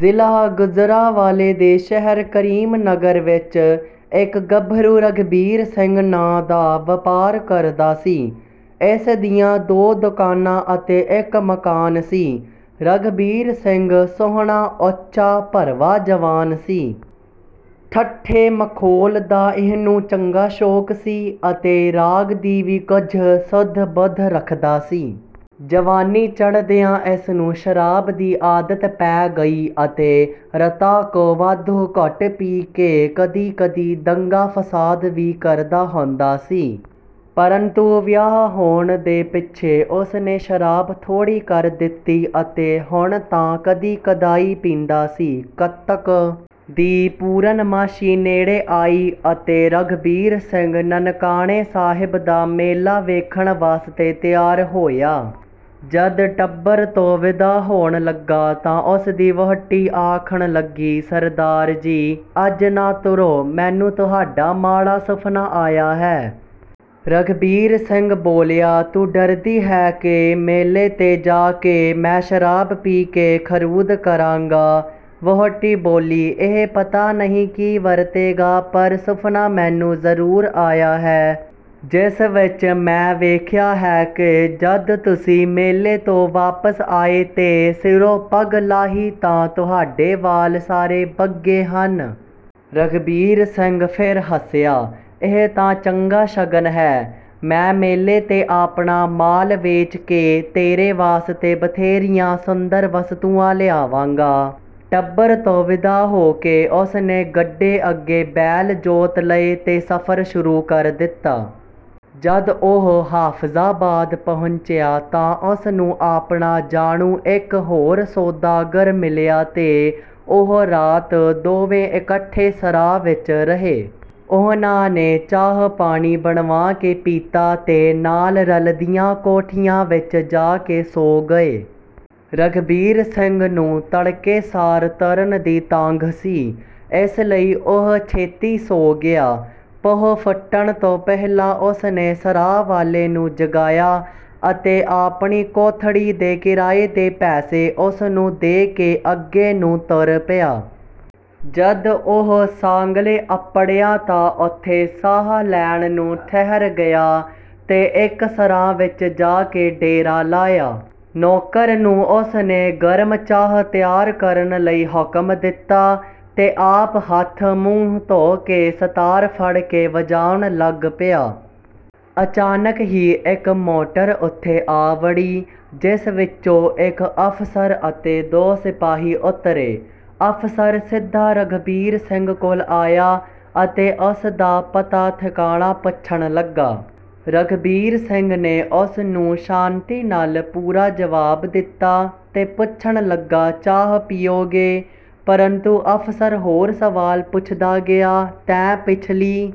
ਜ਼ਿਲ੍ਹਾ ਗੁਜਰਾਂਵਾਲੇ ਦੇ ਸ਼ਹਿਰ ਕਰੀਮ ਨਗਰ ਵਿੱਚ ਇੱਕ ਗੱਭਰੂ ਰਘਬੀਰ ਸਿੰਘ ਨਾਂ ਦਾ ਵਪਾਰ ਕਰਦਾ ਸੀ। ਇਸ ਦੀਆਂ ਦੋ ਦੁਕਾਨਾਂ ਅਤੇ ਇੱਕ ਮਕਾਨ ਸੀ। ਰਘਬੀਰ ਸਿੰਘ ਸੋਹਣਾ, ਉੱਚਾ, ਭਰਵਾਂ ਜਵਾਨ ਸੀ। ਠੱਠੇ-ਮਖੌਲ ਦਾ ਇਹਨੂੰ ਚੰਗਾ ਸ਼ੌਕ ਸੀ ਅਤੇ ਰਾਗ ਦੀ ਵੀ ਕੁਝ ਸੁੱਧ-ਬੁੱਧ ਰੱਖਦਾ ਸੀ। ਜਵਾਨੀ ਚੜ੍ਹਦਿਆਂ ਇਸ ਨੂੰ ਸ਼ਰਾਬ ਦੀ ਆਦਤ ਪੈ ਗਈ ਅਤੇ ਰਤਾ ਕੁ ਵਾਧੂ ਘੁੱਟ ਪੀ ਕੇ ਕਦੀ-ਕਦੀ ਦੰਗਾ-ਫਸਾਦ ਵੀ ਕਰਦਾ ਹੁੰਦਾ ਸੀ। ਪਰੰਤੂ ਵਿਆਹ ਹੋਣ ਦੇ ਪਿੱਛੇ ਉਸ ਨੇ ਸ਼ਰਾਬ ਥੋੜੀ ਕਰ ਦਿੱਤੀ ਅਤੇ ਹੁਣ ਤਾਂ ਕਦੀ-ਕਦਾਈਂ ਪੀਂਦਾ ਸੀ। ਕੱਤਕ ਦੀ ਪੂਰਨਮਾਸ਼ੀ ਨੇੜੇ ਆਈ ਅਤੇ ਰਘਬੀਰ ਸਿੰਘ ਨਨਕਾਣੇ ਸਾਹਿਬ ਦਾ ਮੇਲਾ ਵੇਖਣ ਵਾਸਤੇ ਤਿਆਰ ਹੋਇਆ। ਜਦ ਟੱਬਰ ਤੋਂ ਵਿਦਾ ਹੋਣ ਲੱਗਾ ਤਾਂ ਉਸ ਦੀ ਵਹੁਟੀ ਆਖਣ ਲੱਗੀ, “ਸਰਦਾਰ ਜੀ! ਅੱਜ ਨਾ ਤੁਰੋ। ਮੈਨੂੰ ਤੁਹਾਡਾ ਮਾੜਾ ਸੁਫ਼ਨਾ ਆਇਆ ਹੈ।” ਰਘਬੀਰ ਸਿੰਘ ਬੋਲਿਆ, “ਤੂੰ ਡਰਦੀ ਹੈਂ ਕਿ ਮੇਲੇ 'ਤੇ ਜਾ ਕੇ ਮੈਂ ਸ਼ਰਾਬ ਪੀ ਕੇ ਖਰੂਦ ਕਰਾਂਗਾ?” ਵਹੁਟੀ ਬੋਲੀ, “ਇਹ ਪਤਾ ਨਹੀਂ ਕੀ ਵਰਤੇਗਾ, ਪਰ ਸੁਫ਼ਨਾ ਮੈਨੂੰ ਜ਼ਰੂਰ ਆਇਆ ਹੈ, ਜਿਸ ਵਿੱਚ ਮੈਂ ਵੇਖਿਆ ਹੈ ਕਿ ਜਦ ਤੁਸੀਂ ਮੇਲੇ ਤੋਂ ਵਾਪਸ ਆਏ ਤੇ ਸਿਰੋਂ ਪੱਗ ਲਾਹੀ ਤਾਂ ਤੁਹਾਡੇ ਵਾਲ ਸਾਰੇ ਬੱਗੇ ਹਨ।” ਰਘਬੀਰ ਸਿੰਘ ਫਿਰ ਹੱਸਿਆ, “ਇਹ ਤਾਂ ਚੰਗਾ ਸ਼ਗਨ ਹੈ। ਮੈਂ ਮੇਲੇ 'ਤੇ ਆਪਣਾ ਮਾਲ ਵੇਚ ਕੇ ਤੇਰੇ ਵਾਸਤੇ ਬਥੇਰੀਆਂ ਸੁੰਦਰ ਵਸਤੂਆਂ ਲਿਆਵਾਂਗਾ।” ਟੱਬਰ ਤੋਂ ਵਿਦਾ ਹੋ ਕੇ ਉਸ ਨੇ ਗੱਡੇ ਅੱਗੇ ਬੈਲ ਜੋਤ ਲਏ ਤੇ ਸਫ਼ਰ ਸ਼ੁਰੂ ਕਰ ਦਿੱਤਾ। ਜਦ ਉਹ ਹਾਫ਼ਜ਼ਾਬਾਦ ਪਹੁੰਚਿਆ ਤਾਂ ਉਸ ਨੂੰ ਆਪਣਾ ਜਾਣੂ ਇੱਕ ਹੋਰ ਸੌਦਾਗਰ ਮਿਲਿਆ ਤੇ ਉਹ ਰਾਤ ਦੋਵੇਂ ਇਕੱਠੇ ਸਰਾਂ ਵਿੱਚ ਰਹੇ। ਉਹਨਾਂ ਨੇ ਚਾਹ-ਪਾਣੀ ਬਣਵਾ ਕੇ ਪੀਤਾ ਤੇ ਨਾਲ ਰਲਦੀਆਂ ਕੋਠੀਆਂ ਵਿੱਚ ਜਾ ਕੇ ਸੌਂ ਗਏ। ਰਘਬੀਰ ਸਿੰਘ ਨੂੰ ਤੜਕੇ ਸਾਰ ਤੁਰਨ ਦੀ ਤਾਂਘ ਸੀ। ਇਸ ਲਈ ਉਹ ਛੇਤੀ ਸੌਂ ਗਿਆ। ਪਹੁ ਫੁੱਟਣ ਤੋਂ ਪਹਿਲਾਂ ਉਸ ਨੇ ਸਰਾਂ ਵਾਲੇ ਨੂੰ ਜਗਾਇਆ ਅਤੇ ਆਪਣੀ ਕੋਠੜੀ ਦੇ ਕਿਰਾਏ ਦੇ ਪੈਸੇ ਉਸ ਨੂੰ ਦੇ ਕੇ ਅੱਗੇ ਨੂੰ ਤੁਰ ਪਿਆ। ਜਦ ਉਹ ਸਾਂਗਲੇ ਅੱਪੜਿਆ ਤਾਂ ਉੱਥੇ ਸਾਹ ਲੈਣ ਨੂੰ ਠਹਿਰ ਗਿਆ ਤੇ ਇੱਕ ਸਰਾਂ ਵਿੱਚ ਜਾ ਕੇ ਡੇਰਾ ਲਾਇਆ। ਨੌਕਰ ਨੂੰ ਉਸ ਨੇ ਗਰਮ ਚਾਹ ਤਿਆਰ ਕਰਨ ਲਈ ਹੁਕਮ ਦਿੱਤਾ ਤੇ ਆਪ ਹੱਥ-ਮੂੰਹ ਧੋ ਕੇ ਸਤਾਰ ਫੜ ਕੇ ਵਜਾਉਣ ਲੱਗ ਪਿਆ। ਅਚਾਨਕ ਹੀ ਇੱਕ ਮੋਟਰ ਉੱਥੇ ਆ ਵੜੀ, ਜਿਸ ਵਿੱਚੋਂ ਇੱਕ ਅਫ਼ਸਰ ਅਤੇ ਦੋ ਸਿਪਾਹੀ ਉਤਰੇ। ਅਫ਼ਸਰ ਸਿੱਧਾ ਰਘਬੀਰ ਸਿੰਘ ਕੋਲ ਆਇਆ ਅਤੇ ਉਸ ਦਾ ਪਤਾ-ਠਿਕਾਣਾ ਪੁੱਛਣ ਲੱਗਾ। ਰਘਬੀਰ ਸਿੰਘ ਨੇ ਉਸ ਨੂੰ ਸ਼ਾਂਤੀ ਨਾਲ ਪੂਰਾ ਜਵਾਬ ਦਿੱਤਾ ਤੇ ਪੁੱਛਣ ਲੱਗਾ, “ਚਾਹ ਪੀਓਗੇ?” ਪਰੰਤੂ ਅਫ਼ਸਰ ਹੋਰ ਸਵਾਲ ਪੁੱਛਦਾ ਗਿਆ, “ਤੈਂ ਪਿਛਲੀ...”